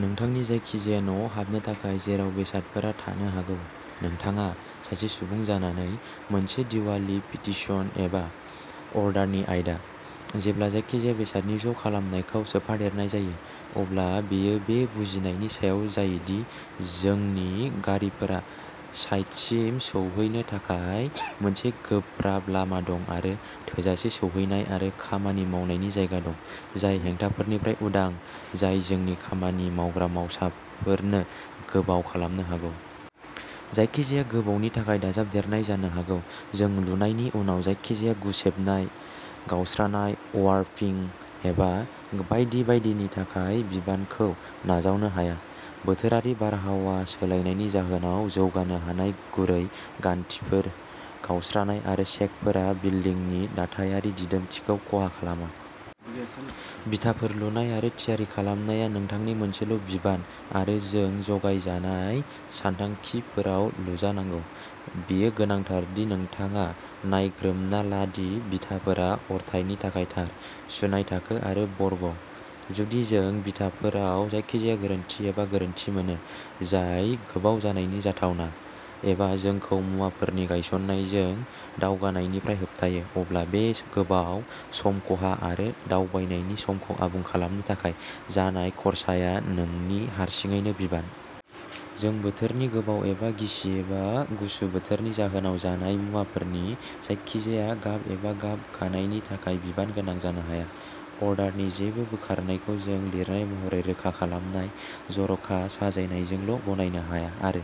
नोंथांनि जायखिजाया न'आव हाबनो थाखाय जेराव बेसादफोरा थानो हागौ। नोंथाङा, सासे सुबुं जानानै, मोनसे दिवालि पिटीशन एबा अर्डारनि आयदा। जेब्ला जायखिजाया बेसादनि ज' खालामनायखौ सोफादेरनाय जायो, अब्ला बेयो बे बुजिनायनि सायाव जायो दि जोंनि गारिफोरा साइटसिम सौहैनो थाखाय मोनसे गोब्राब लामा दं आरो थोजासे सौहैनाय आरो खामानि मावनायनि जायगा दं, जाय हेंथाफोरनिफ्राय उदां जाय जोंनि खामानि मावग्रा मावसाफोरनो गोबाव खालामनो हागौ। जायखिजाया गोबावनि थाखाय दाजाबदेरनाय जानो हागौ। जों लुनायनि उनाव जायखिजाया गुसेबनाय, गावस्रानाय, अवार्पिं एबा बायदि बायदिनि थाखाय बिबानखौ नाजावनो हाया। बोथोरारि बारहावा सोलायनायनि जाहोनाव जौगानो हानाय गुरै गान्थिफोर, गावस्रानाय आरो शेकफोरा बिल्दिंनि दाथायारि दिदोमथिखौ खहा खालामा। बिथाफोर लुनाय आरो थियारि खालामनाया नोंथांनि मोनसेल' बिबान आरो जों जगायजानाय सानथांखिफोराव लुजानांगौ। बेयो गोनांथार दि नोंथाङा नायग्रोमना ला दि बिथाफोरा अरथाइनि थाखाय थार। सुनाय थाखो आरो बर्ग। जुदि, जों बिथाफोराव जायखिजाया गोरोन्थि एबा गोरोन्थि मोनो जाय गोबाव जानायनि जाथावना, एबा जोंखौ मुवाफोरनि गायसननायजों दावगानायनिफ्राय होबथायो, अब्ला बे गोबाव, सम खहा आरो दावबायनायनि समखौ आबुं खालामनो थाखाय जानाय खर्साया नोंनि हारसिङैनो बिबान। जों बोथोरनि गोबाव एबा गिसि एबा गुसु बोथोरनि जाहोनाव जानाय मुवाफोरनि जायखिजाया गाब एबा गाब गानायनि थाखाय बिबानगोनां जानो हाया। अर्डारनि जेबो बोखारनायखौ जों लिरनाय महरै रोखा खालामनाय जर'खा साजायनायजोंल' गनायनो हाया आरो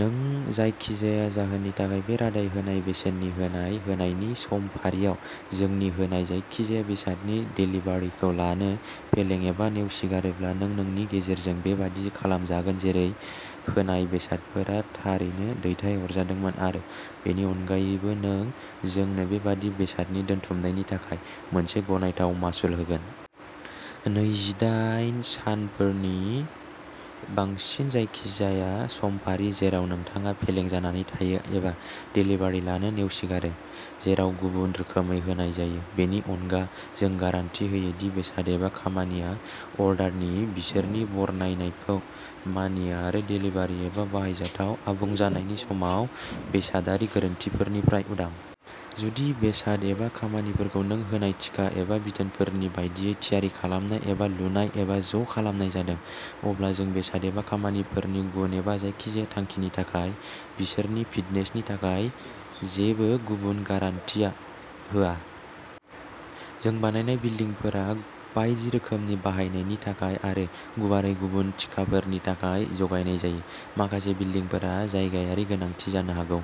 नों जायखिजाया जाहोननि थाखाय बे रादाय होनाय बेसेननि होनाय होनायनि समफारियाव जोंनि होनाय जायखिजाया बेसादनि देलिभारिखौ लानो फेलें एबा नेवसिगारोब्ला नों नोंनि गेजेरजों बेबादि खालामजागोन जेरै होनाय बेसादफोरा थारैनो दैथायहरजादोंमोन आरो बेनि अनगायैबो नों जोंनो बेबादि बेसादनि दोनथुमनायनि थाखाय मोनसे गनायथाव मासुल होगोन। नैजिदाइ सानफोरनि बांसिन जायखिजाया समफारि जेराव नोंथाङा फेलें जानानै थायो एबा देलिभारि लानो नेवसिगारो। जेराव गुबुन रोखोमै होनाय जायो, बेनि अनगा, जों गारान्टि होयो दि बेसाद एबा खामानिया अर्डारनि बिसोरनि बरनायनायखौ मानियो आरो देलिभारि एबा बाहायजाथाव आबुं जानायनि समाव बेसादारि गोरोन्थिफोरनिफ्राय उदां। जुदि बेसाद एबा खामानिफोरखौ नों होनाय थिखा एबा बिथोनफोरनि बायदियै थियारि खालामनाय एबा लुनाय एबा ज' खालामनाय जादों अब्ला जों बेसाद एबा खामानिफोरनि गुन एबा जायखिजाया थांखिनि थाखाय बिसोरनि फिटनेसनि थाखाय जेबो गुबुन गारान्टिआ होआ। जों बानायनाय बिल्डिंफोरा बायदि रोखोमनि बाहायनायनि थाखाय आरो गुवारै गुबुन थिखाफोरनि थाखाय जगायनाय जायो। माखासे बिल्डिंफोरा जायगायारि गोनांथि जानो हागौ।